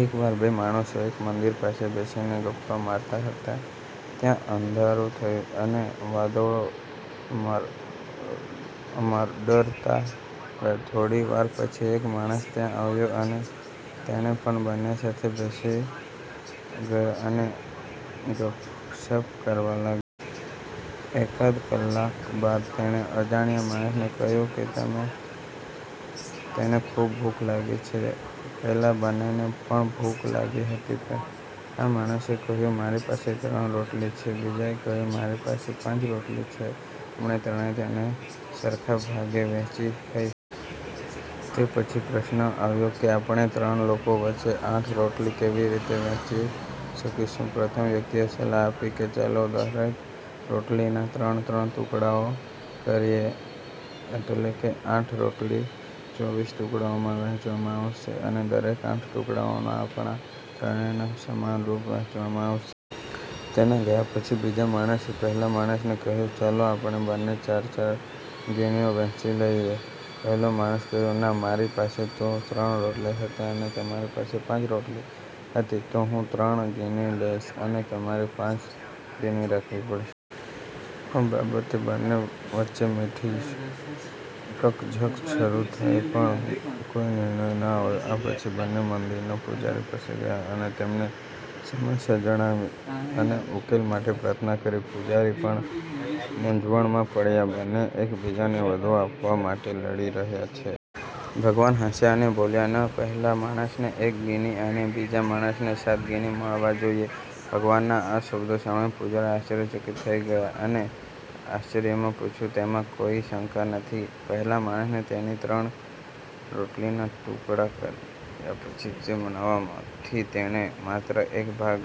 એકવાર બે માણસો એક મંદિર પાસે બેસીને ગપ્પાં મારતા હતા. ત્યાં અંધારું થયું અને વાદળો મર મદારતા. થોડી વાર પછી એક માણસ ત્યાં આવ્યો અને તે પણ બંને સાથે બેસી ગયો અને ગપસપ કરવા લાગ્ય એકાદ કલાક બાદ તેને અજાણ્યા માણસે કહ્યું કે તેમે તેને ખૂબ ભૂખ લાગી છે, પેલા બંનેને પણ ભૂખ લાગી હતી. પહેલા માણસે કહ્યું, મારી પાસે ત્રણ રોટલી છે, બીજાએ કહ્યું, મારી પાસે પાંચ રોટલી છે, આપણે ત્રણેય તેને સરખા ભાગે વહેંચી ખાઈ તે પછી પ્રશ્ન આવ્યો કે આપણે ત્રણ લોકો વચ્ચે આઠ રોટલી કેવી રીતે વહેંચી શકીશું? પ્રથમ વ્યક્તિએ સલાહ આપી કે ચાલો દરેક રોટલીના ત્રણ-ત્રણ ટુકડાઓ કરીએ એટલે કે, આઠ રોટલીને ચોવીસ ટુકડાઓમાં વહેંચવામાં આવશે અને દરેકને આઠ ટુકડાઓ આપણા ત્રણેયમાં સમાનરૂપે વહેંચવામાં આવશ તેના ગયા પછી, બીજા માણસે પહેલા માણસને કહ્યું, ચાલો આપણે બંને ચાર-ચાર ગિનીઓ વહેંચી લઈએ. પહેલા માણસે કહ્યું ના, મારી પાસે ત્રણ રોટલી હતી અને તમારી પાસે પાંચ રોટલી હતી, તો હું ત્રણ ગીની લઈશ, અને તમારે પાંચ ગીની રાખવી પડશ આ બાબતે બંને વચ્ચે મીઠી રકઝક શરૂ થઈ પણ કોઈ નિર્ણય ન આવ્યો. આ પછી બંને મંદિરના પૂજારી પાસે ગયા અને તેમને સમસ્યા જણાવી અને ઉકેલ માટે પ્રાર્થના કરી. પૂજારી પણ મૂંઝવણમાં પડ્યા, બંને એકબીજાને વધુ આપવા માટે લડી રહ્યા છે. ભગવાન હસ્યા અને બોલ્યા – ના, પહેલા માણસને એક ગિની અને બીજા માણસને સાત ગિની મળવા જોઈએ. ભગવાનના આ શબ્દો સાંભળીને પૂજારી આશ્ચર્યચકિત થઈ ગયા અને આશ્ચર્યમાં પૂછ્યું – તેમાં કોઈ શંકા નથી કે પહેલા માણસે તેની ત્રણ રોટલીના નવ ટુકડા કર્યા પરંતુ તે નવ માંથી તેણે માત્ર એક ભાગ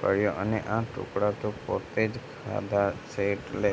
પાડ્યો અને આઠ ટુકડા તો પોતે જ ખાધા છે એટલે.